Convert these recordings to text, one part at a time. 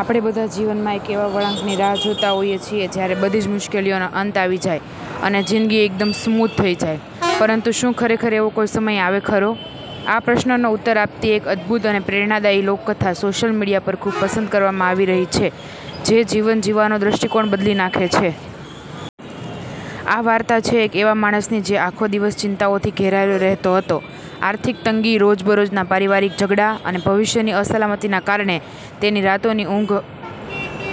આપણે બધા જીવનમાં એક એવા વળાંકની રાહ જોતા હોઈએ છીએ જ્યાં બધી જ મુશ્કેલીઓનો અંત આવી જાય અને જિંદગી એકદમ સ્મૂધ થઈ જાય. પરંતુ શું ખરેખર એવો કોઈ સમય આવે ખરો? આ પ્રશ્નનો ઉત્તર આપતી એક અદભુત અને પ્રેરણાદાયી લોકકથા સોશિયલ મીડિયા પર ખૂબ પસંદ કરવામાં આવી રહી છે, જે જીવન જીવવાનો દૃષ્ટિકોણ બદલી નાખે તેવી છે. આ વાર્તા છે એક એવા માણસની જે આખો દિવસ ચિંતાઓથી ઘેરાયેલો રહેતો હતો. આર્થિક તંગી, રોજબરોજના પારિવારિક ઝઘડા અને ભવિષ્યની અસલામતીના કારણે તેની રાતોની ઊંઘ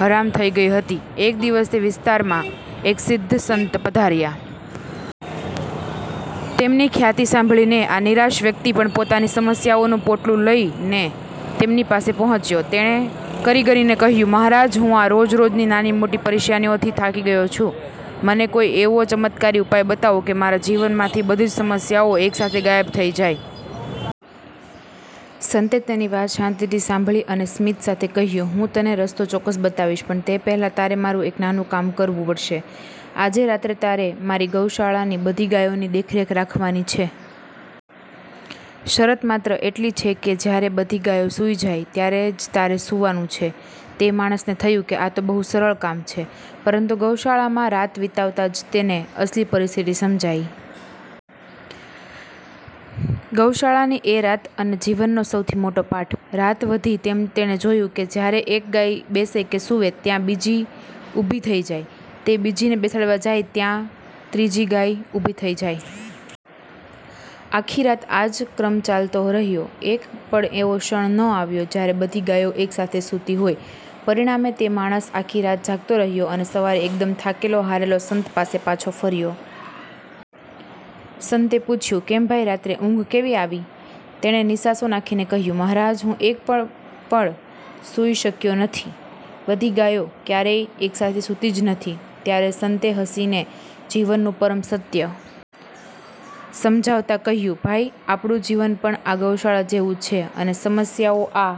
હરામ થઈ ગઈ હતી. એક દિવસ તે વિસ્તારમાં એક સિદ્ધ સંત પધાર્યા. તેમની ખ્યાતિ સાંભળીને આ નિરાશ વ્યક્તિ પણ પોતાની સમસ્યાઓનું પોટલું લઈને તેમની પાસે પહોંચ્યો. તેણે કરગરીને કહ્યું, "મહારાજ, હું આ રોજ-રોજની નાની-મોટી પરેશાનીઓથી થાકી ગયો છું. મને કોઈ એવો ચમત્કારી ઉપાય બતાવો કે મારા જીવનમાંથી બધી જ સમસ્યાઓ એકસાથે ગાયબ થઈ જાય!" સંતે તેની વાત શાંતિથી સાંભળી અને સ્મિત સાથે કહ્યું, "હું તને રસ્તો ચોક્કસ બતાવીશ, પણ તે પહેલાં તારે મારું એક નાનું કામ કરવું પડશે. આજે રાત્રે તારે મારી ગૌશાળાની બધી ગાયોની દેખરેખ રાખવાની છે. શરત માત્ર એટલી છે કે જ્યારે બધી ગાયો સૂઈ જાય, ત્યારે જ તારે સૂવાનું છે." તે માણસને થયું કે આ તો બહુ સરળ કામ છે. પરંતુ ગૌશાળામાં રાત વિતાવતા જ તેને અસલી પરિસ્થિતિ સમજાઈ. ગૌશાળાની એ રાત અને જીવનનો સૌથી મોટો પાઠ. રાત વધી તેમ તેણે જોયું કે જ્યારે એક ગાય બેસે કે સૂવે, ત્યાં બીજી ઊભી થઈ જાય. તે બીજીને બેસાડવા જાય ત્યાં ત્રીજી ગાય ઊભી થઈ જાય. આખી રાત આ જ ક્રમ ચાલતો રહ્યો. એક પણ એવો ક્ષણ ન આવ્યો જ્યારે બધી ગાયો એકસાથે સૂતી હોય. પરિણામે, તે માણસ આખી રાત જાગતો રહ્યો અને સવારે એકદમ થાકેલો-હારેલો સંત પાસે પાછો ફર્યો. સંતે પૂછ્યું, "કેમ ભાઈ, રાત્રે ઊંઘ કેવી આવી?" તેણે નિસાસો નાખીને કહ્યું, "મહારાજ, હું એક પળ પણ સૂઈ શક્યો નથી. બધી ગાયો ક્યારેય એકસાથે સૂતી જ નથી!" ત્યારે સંતે હસીને જીવનનું પરમ સત્ય સમજાવતા કહ્યું, "ભાઈ, આપણું જીવન પણ આ ગૌશાળા જેવું જ છે અને સમસ્યાઓ આ